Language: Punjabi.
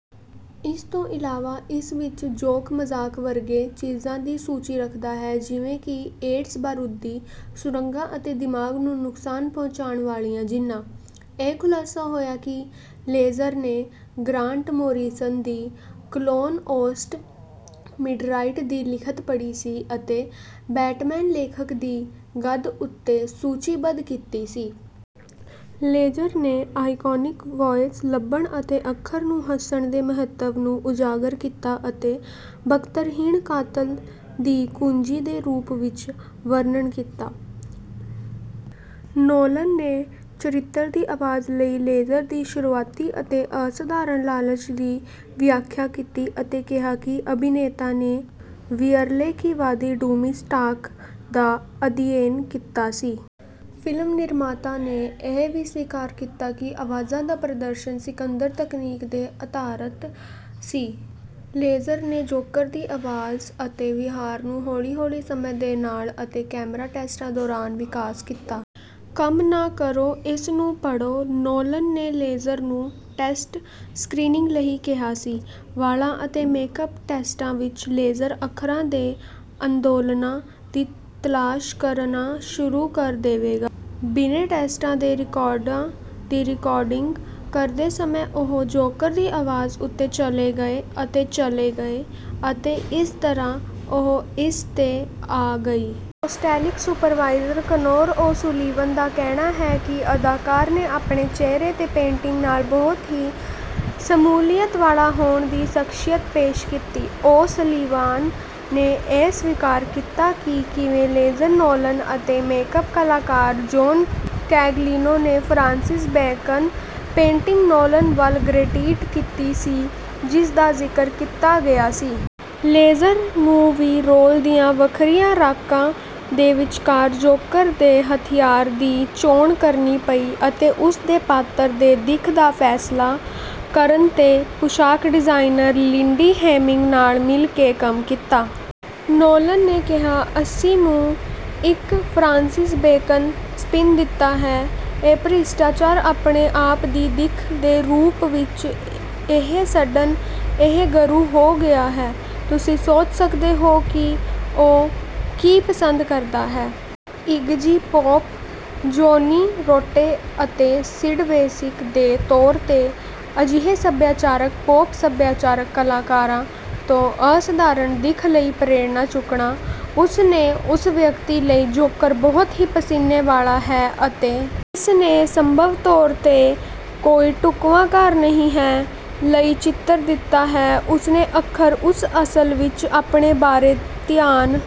ਇਸ ਤੋਂ ਇਲਾਵਾ ਇਸ ਵਿੱਚ ਜੋਕ ਮਜ਼ਾਕ ਵਰਗੇ ਚੀਜ਼ਾਂ ਦੀ ਸੂਚੀ ਰੱਖਦਾ ਹੈ ਜਿਵੇਂ ਕਿ ਏਡਜ਼ ਬਾਰੂਦੀ ਸੁਰੰਗਾਂ ਅਤੇ ਦਿਮਾਗ ਨੂੰ ਨੁਕਸਾਨ ਪਹੁੰਚਾਉਣ ਵਾਲੀਆਂ ਜੀਨਾਂ। ਇਹ ਖੁਲਾਸਾ ਹੋਇਆ ਕਿ ਲੇਜ਼ਰ ਨੇ ਗ੍ਰਾਂਟ ਮੋਰੀਸਨ ਦੀ ਕਲੋਨ ਔਸਟ ਮਿਡਰਾਇਟ ਦੀ ਲਿਖਤ ਪੜ੍ਹੀ ਸੀ ਅਤੇ ਬੈਟਮੈਨ ਲੇਖਕ ਦੀ ਗੱਦ ਉੱਤੇ ਸੂਚੀਬੱਧ ਕੀਤੀ ਸੀ। ਲੇਜਰ ਨੇ ਆਈਕਨਿਕ ਵੌਇਸ ਲੱਭਣ ਅਤੇ ਅੱਖਰ ਨੂੰ ਹੱਸਣ ਦੇ ਮਹੱਤਵ ਨੂੰ ਉਜਾਗਰ ਕੀਤਾ ਅਤੇ ਬਖਤਰਹੀਣ ਕਾਤਲ ਦੀ ਕੁੰਜੀ ਦੇ ਰੂਪ ਵਿੱਚ ਵਰਣਨ ਕੀਤਾ। ਨੋਲਨ ਨੇ ਚਰਿੱਤਰ ਦੀ ਆਵਾਜ਼ ਲਈ ਲੇਜ਼ਰ ਦੇ ਸ਼ੁਰੂਆਤੀ ਅਤੇ ਅਸਾਧਾਰਣ ਲਾਲਚ ਦੀ ਵਿਆਖਿਆ ਕੀਤੀ ਅਤੇ ਕਿਹਾ ਕਿ ਅਭਿਨੇਤਾ ਨੇ ਵਿਅਰੇਲਕੀਵਾਦੀ ਡੂਮਿਜ਼ ਟਾਕ ਦਾ ਅਧਿਐਨ ਕੀਤਾ ਸੀ। ਫਿਲਮ ਨਿਰਮਾਤਾ ਨੇ ਇਹ ਵੀ ਸਵੀਕਾਰ ਕੀਤਾ ਕਿ ਆਵਾਜ਼ ਦਾ ਪ੍ਰਦਰਸ਼ਨ ਸਿਕੰਦਰ ਤਕਨੀਕ ਤੇ ਅਧਾਰਤ ਸੀ। ਲੇਜ਼ਰ ਨੇ ਜੋਕਰ ਦੀ ਆਵਾਜ਼ ਅਤੇ ਵਿਹਾਰ ਨੂੰ ਹੌਲੀ ਹੌਲੀ ਸਮੇਂ ਦੇ ਨਾਲ ਅਤੇ ਕੈਮਰਾ ਟੈਸਟਾਂ ਦੌਰਾਨ ਵਿਕਾਸ ਕੀਤਾ। ਕੰਮ ਨਾ ਕਰੋ ਇਸ ਨੂੰ ਪੜ੍ਹੋ ਨੋਲਨ ਨੇ ਲੇਜ਼ਰ ਨੂੰ ਟੈਸਟ ਸਕ੍ਰੀਨਿੰਗ ਲਈ ਕਿਹਾ ਸੀ। ਵਾਲਾਂ ਅਤੇ ਮੇਕਅਪ ਟੈਸਟਾਂ ਵਿੱਚ ਲੇਜ਼ਰ ਅੱਖਰਾਂ ਦੇ ਅੰਦੋਲਨਾਂ ਦੀ ਤਲਾਸ਼ ਕਰਨਾ ਸ਼ੁਰੂ ਕਰ ਦੇਵੇਗਾ। ਬਿਨਾਂ ਟੈਸਟ ਦੇ ਰਿਕਾਰਡਾਂ ਦੀ ਰਿਕਾਰਡਿੰਗ ਕਰਦੇ ਸਮੇਂ ਉਹ ਜੋਕੋਰ ਦੀ ਆਵਾਜ਼ ਉੱਤੇ ਚਲੇ ਗਏ ਅਤੇ ਚਲੇ ਗਏ ਅਤੇ ਇਸ ਤਰ੍ਹਾਂ ਉਹ ਇਸ ਤੇ ਆ ਗਈ। Prosthetic supervisor Conor O'Sullivan ਦਾ ਕਹਿਣਾ ਹੈ ਕਿ ਅਦਾਕਾਰ ਨੇ ਆਪਣੇ ਚਿਹਰੇ ਦੇ ਪੇਂਟਿੰਗ ਨਾਲ ਬਹੁਤ ਹੀ ਸ਼ਮੂਲੀਅਤ ਵਾਲਾ ਹੋਣ ਦੀ ਸ਼ਖਸੀਅਤ ਪੇਸ਼ ਕੀਤੀ। ਓ ਸਲੀਵਾਨ ਨੇ ਇਹ ਸਵੀਕਾਰ ਕੀਤਾ ਕਿ ਕਿਵੇਂ ਲੇਜਰ ਨੋਲਾਨ ਅਤੇ ਮੇਕਅਪ ਕਲਾਕਾਰ ਜੌਨ ਕੈਗਲਿਨੋ ਨੇ ਫਰਾਂਸਿਸ ਬੈਕਨ ਪੇਂਟਿੰਗ ਨੋਲਨ ਵੱਲ ਗਰੇਟੀਟ ਕੀਤੀ ਸੀ ਜਿਸ ਦਾ ਜ਼ਿਕਰ ਕੀਤਾ ਗਿਆ ਸੀ। ਲੇਜ਼ਰ ਨੂੰ ਵੀ ਰੋਲ ਦੀਆਂ ਵੱਖਰੀਆਂ ਰਾਕਾਂ ਦੇ ਵਿਚਕਾਰ ਜੋਕਰ ਦੇ ਹਥਿਆਰ ਦੀ ਚੋਣ ਕਰਨੀ ਪਈ ਅਤੇ ਉਸ ਨੇ ਪਾਤਰ ਦੇ ਦਿੱਖ ਦਾ ਫੈਸਲਾ ਕਰਨ ਤੇ ਪੁਸ਼ਾਕ ਡਿਜ਼ਾਈਨਰ ਲਿੰਡੀ ਹੇਮਿੰਗ ਨਾਲ ਮਿਲ ਕੇ ਕੰਮ ਕੀਤਾ। ਨੋਲਨ ਨੇ ਕਿਹਾ ਅਸੀਂ ਨੂੰ ਇੱਕ ਫਰਾਂਸਿਸ ਬੇਕਨ ਸਪਿਨ ਦਿੱਤਾ ਹੈ ਇਹ ਭ੍ਰਿਸ਼ਟਾਚਾਰ ਆਪਣੇ ਆਪ ਦੀ ਦਿੱਖ ਦੇ ਰੂਪ ਵਿੱਚ ਇਹ ਸਡਨ ਇਹ ਗਰੂ ਹੋ ਗਿਆ ਹੈ। ਤੁਸੀਂ ਸੋਚ ਸਕਦੇ ਹੋ ਕਿ ਉਹ ਕੀ ਪਸੰਦ ਕਰਦਾ ਹੈ। ਇਗਜੀ ਪੋਪ ਜੌਨੀ ਰੋਟੇ ਅਤੇ ਸਿਡ ਵੈਸ਼ੀਕ ਦੇ ਤੌਰ ਤੇ ਅਜਿਹੇ ਸੱਭਿਆਚਾਰਕ ਪੌਪ ਸੱਭਿਆਚਾਰਕ ਕਲਾਕਾਰਾਂ ਤੋਂ ਅਸਾਧਾਰਣ ਦਿੱਖ ਲਈ ਪ੍ਰੇਰਨਾ ਚੁੱਕਣਾ। ਉਸ ਨੇ ਉਸ ਵਿਅਕਤੀ ਲਈ ਜੋਕਰ ਬਹੁਤ ਹੀ ਪਸੀਨੇ ਵਾਲਾ ਹੈ ਅਤੇ ਜਿਸ ਨੇ ਸੰਭਵ ਤੌਰ ਤੇ ਕੋਈ ਢੁਕਵਾਂ ਘਰ ਨਹੀਂ ਹੈ ਲਈ ਚਿੱਤਰ ਦਿੱਤਾ ਹੈ ਉਸਨੇ ਅੱਖਰ ਉਹ ਅਸਲ ਵਿੱਚ ਆਪਣੇ ਬਾਰੇ ਧਿਆਨ